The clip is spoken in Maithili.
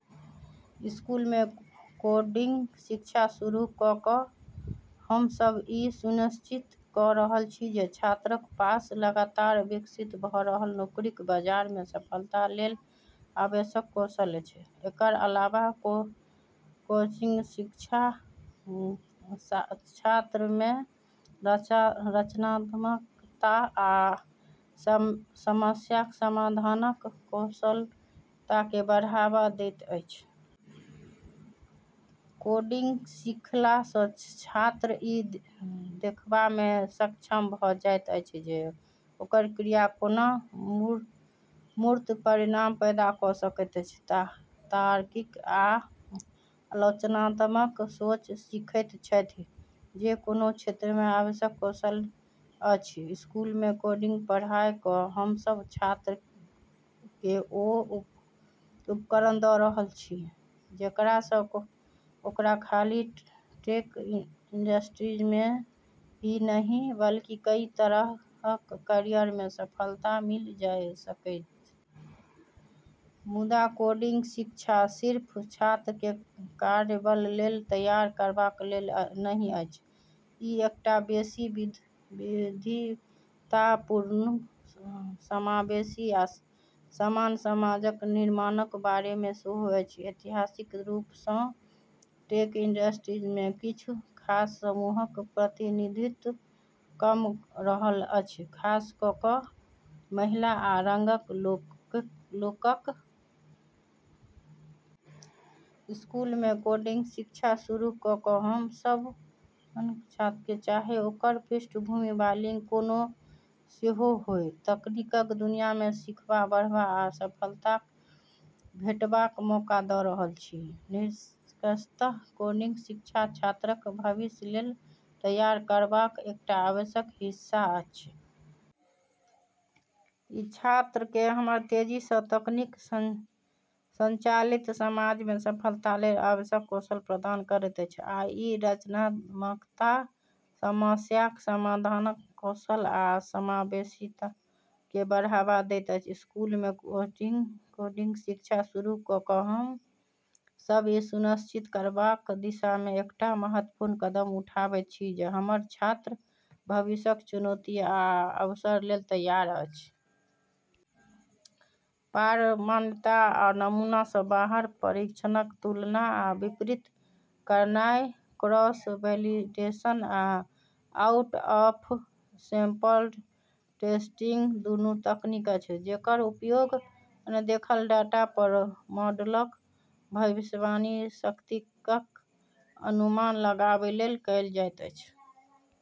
स्कूलमे कोडिंग शिक्षा शुरू क’ क’ हम सभ ई सुनिश्चित क’ रहल छी जे छात्रक पास लगातार विकसित भ’ रहल नौकरीक बाजारमे सफलता लेल आवश्यक कौशल अछि। एकर अलावा कोडिंग शिक्षा छात्रमे रचनात्मकता आ समस्याक समाधानक कौशलकेँ बढ़ावा दैत अछि। कोडिंग सीखला सँ छात्र ई देखबामे सक्षम भ’ जाइत अछि जे ओकर क्रिया कोना मूर्त परिणाम पैदा क’ सकैत अछि। तार्किक आ आलोचनात्मक सोच सीखैत छथि जे कोनो क्षेत्रमे आवश्यक कौशल अछि। स्कूलमे कोडिंग पढ़ाय क’ हम सभ छात्रकेँ ओ उपकरण द’ रहल छी जेकरा सँ ओकरा खाली टेक इंडस्ट्रीमे ही नहि, बल्कि कई तरहक कैरियरमे सफलता मिलि सकय। मुदा कोडिंग शिक्षा सिर्फ छात्रकेँ कार्यबल लेल तैयार करबाक लेल नहि अछि। ई एकटा बेसि विविधतापूर्ण, समावेशी, आ समान समाजक निर्माणक बारेमे सेहो अछि। ऐतिहासिक रूप सँ टेक इंडस्ट्रीमे किछु खास समूहक प्रतिनिधित्व कम रहल अछि, खास क’ क’ महिला आ रंगक लोकक। स्कूलमे कोडिंग शिक्षा शुरू क’ क’ हम सभ सभ छात्रकेँ, चाहे ओकर पृष्ठभूमि वा लिंग कोनो सेहो होय, तकनीकक दुनियामे सीखबा, बढ़बा आ सफलता भेटबाक मौका द’ रहल छी। निष्कर्षतः कोडिंग शिक्षा छात्रक भविष्य लेल तैयार करबाक एकटा आवश्यक हिस्सा अछि। ई छात्रकेँ हमर तेजी सँ तकनीक संचालित समाजमे सफलता लेल आवश्यक कौशल प्रदान करैत अछि, आ ई रचनात्मकता, समस्याक समाधानक कौशल, आ समावेशीताकेँ बढ़ावा दैत अछि। स्कूलमे कोडिंग शिक्षा शुरू क’ क’ हम सभ ई सुनिश्चित करबाक दिशामे एकटा महत्वपूर्ण कदम उठाबैत छी जे हमर छात्र भविष्यक चुनौती आ अवसर लेल तैयार अछि। पार-मान्यता आ नमूना सँ बाहर परीक्षणक तुलना आ विपरीत करनाइ। क्रॉस-वैलिडेशन आ आउट-ऑफ-सैंपल टेस्टिंग दुनू तकनीक अछि जेकर उपयोग अनदेखल डाटा पर मॉडलक भविष्यवाणी शक्तिक अनुमान लगाबै लेल कएल जाइत अछि।